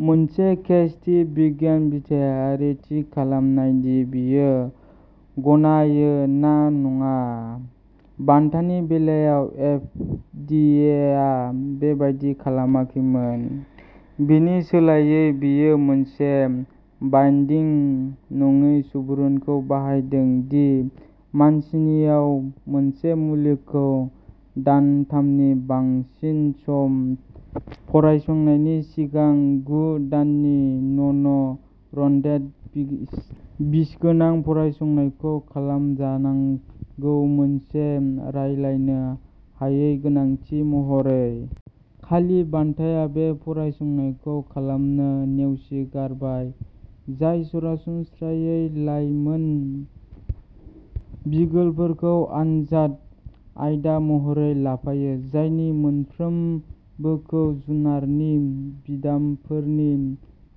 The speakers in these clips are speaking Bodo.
मोनसे केस थि बिगियानबिथायारि थि खालामनाय दि बेयो गनायो ना नङा। भान्डानि बेलायाव एफ डि ए आ बेबादि खालामाखैमोन। बेनि सोलायै बेयो मोनसे बाइन्दिं नङि सुबुरुनखौ बाहायदों दि मानसिनाव मोनसे मुलिखौ दानथामनि बांसिन सम फरायसंनायनि सिगां गु दाननि नन र'डेन्ट बि बिसगोनां फरायसंनायखौ खालामजानांगौ मोनसे रायलायनो हायै गोनांथि महरै। खालि भान्डाया बे फरायसंनायखौ खालामनो नेवसिगारबाय जाय सरासनस्रायै लाइमोन बिगोलफोरखौ आनजाद आयदा महरै लाफायो जायनि मोनफ्रोमबोखौ जुनारनि बिदामफोरनि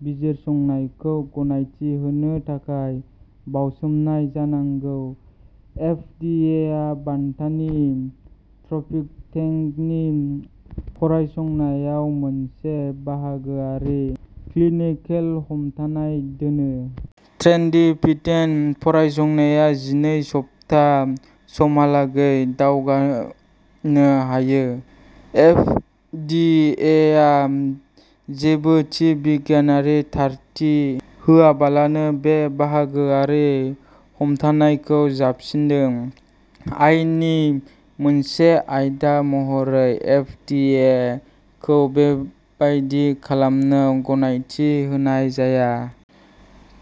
बिजिरसंनायखौ गनायथि होनो थाखाय बावसोमनाय जानांगौ एफ डि ए आ भान्डानि ट्रेडिपिटेंटनि फरायसंनायाव मोनसे बाहागोआरि क्लिनिकेल हमथानाय दोनो। ट्रेडिपिटेंट फरायसंनाया जिनै सप्ता समहालागै दावगानो हायो। एफ डि ए आ जेबो थि बिगियानारि थारथि होआलाबानो बे बाहागोआरि हमथानायखौ जाबसिनदों। आयेननि मोनसे आयदा महरै एफ डि ए खौ बेबादि खालामनो गनायथि होनाय जाया।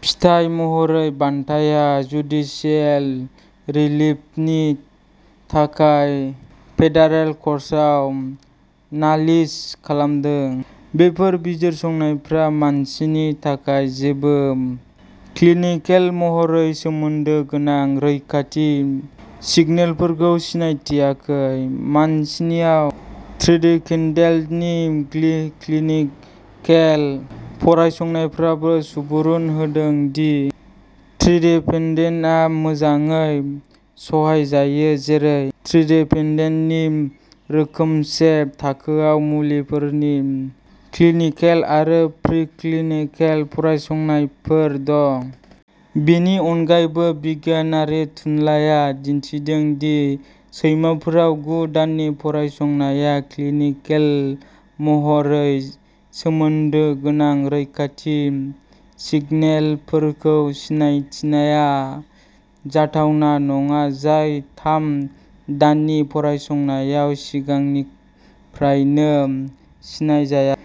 फिथाय महरै भान्डाया जुडिसियेल रिलिफनि थाखाय फेडारेल कर्टआव नालिस खालामदों। बेफोर बिजिरसंनायफोरा मानसिनि थाखाय जेबो क्लिनिकेल महरै सोमोन्दो गोनां रैखाथि सिगनेलफोरखौ सिनायथियाखै। मानसिनाव ट्रेडिपिटेंटनि क्लिनिकेल फरायसंनायफोराबो सुबुरुन होदों दि ट्रेडिपिटेंटआ मोजाङै सहायजायो जेरै ट्रेडिपिटेंटनि रोखोमसे थाखोआव मुलिफोरनि क्लिनिकेल आरो प्रिक्लिनिकेल फरायसंनायफोर दं। बेनि अनगायैबो बिगियानारि थुनलाइया दिन्थिदों दि सैमाफोराव गु दाननि फरायसंनाया क्लिनिकेल महरै सोमोन्दो गोनां रैखाथि सिगनेलफोरखौ सिनायथिनाया जाथावना नङा जाय थाम दाननि फरायसंनायाव सिगांनिफ्रायनो सिनायजायाखै।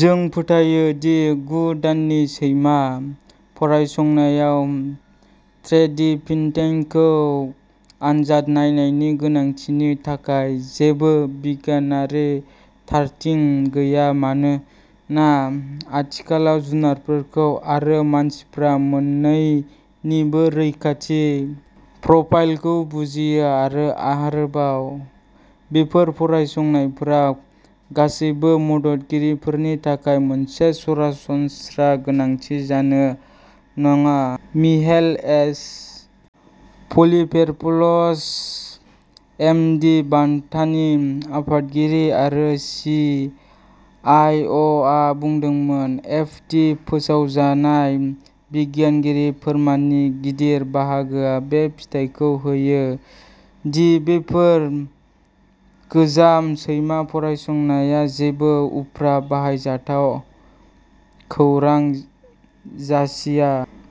जों फोथायो दि गु दाननि सैमा फरायसंनायाव ट्रेडिपिटेंटखौ आनजाद नायनायनि गोनांथिनि थाखाय जेबो बिगियानारि थारथि गैया मानोना आथिखालाव जुनारफोर आरो मानसिफोर मोन्नैनिबो रैखाथि प्रफाइलखौ बुजियो आरो आरोबाव, बेफोर फरायसंनायफोरा गासैबो मददगिरिफोरनि थाखाय मोनसे सरासनस्रा गोनांथि जानो नाङा Mihael H. Polymeropoulos M D भान्डानि आफादगिरि आरो सि इ अ आ बुंदोंमोन। एफ डि फोसावजानाय बिगियानारि फोरमाननि गिदिर बाहागोआ बे फिथाइखौ होयो दि बेफोर गोजाम सैमा फरायसंनाया जेबो उफ्रा बाहायजाथाव खौरां जासिया।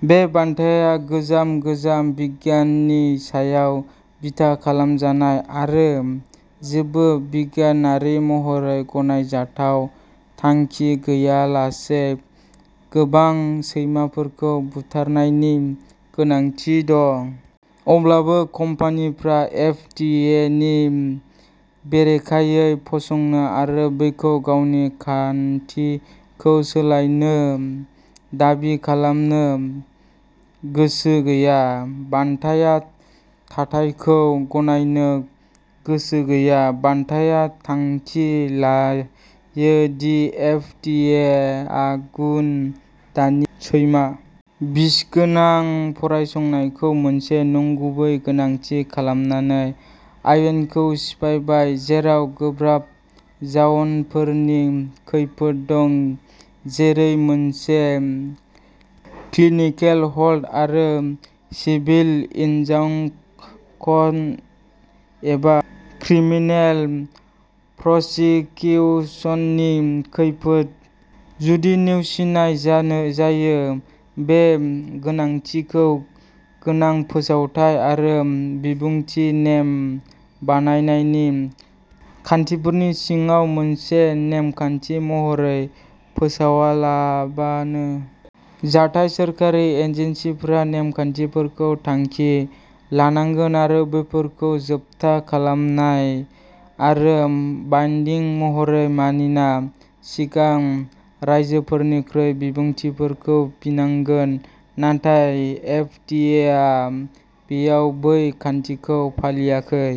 बे खान्थिया गोजाम गोजाम बिगियाननि सायाव बिथा खालामजानाय आरो जेबो बिगियानारि महरै गनायजाथाव थांखि गैयालासे गोबां सैमाफोरखौ बुथारनायनि गोनांथि दं। अब्लाबो कम्पानिफोरा एफ डि ए नि बेरेखायै गसंनो आरो बेखौ गावनि खान्थिखौ सोलायनो दाबि खालामनो गोसो गैया। भान्डाया थाथायखौ गनायनो गोसो गैया। भान्डाया थांखि लायो दि एफ डि ए आ गु दाननि सैमा बिसगोनां फरायसंनायखौ मोनसे नंगुबै गोनांथि खालामनानै आयेनखौ सिफायबाय जेराव गोब्राब जाउनफोरनि खैफोद दं जेरै मोनसे क्लिनिकेल होल्ड आरो सिभिल इनजांक्सन एबा क्रिमिनेल प्रसिकिउसननि खैफोद जुदि नेवसिनाय जायो बे गोनांथि खौ गोनां फोसावथाइ आरो बिबुंथि नेम बानायनायनि खान्थिफोरनि सिङाव मोनसे नेमखान्थि महरै फोसावालाबानो। जथाय सोरखारि एजेन्सिफोरा नेमखान्थिफोरखौ थांखि लानांगोन आरो बेफोरखौ जोबथा खालामनाय आरो बाइन्डिं महरै मानिनाय सिगां राइजोफोरनिफ्राय बिबुंथिफोर बिनांगोन नाथाय एफ डि ए आ बेयाव बै खान्थिखौ फालियाखै।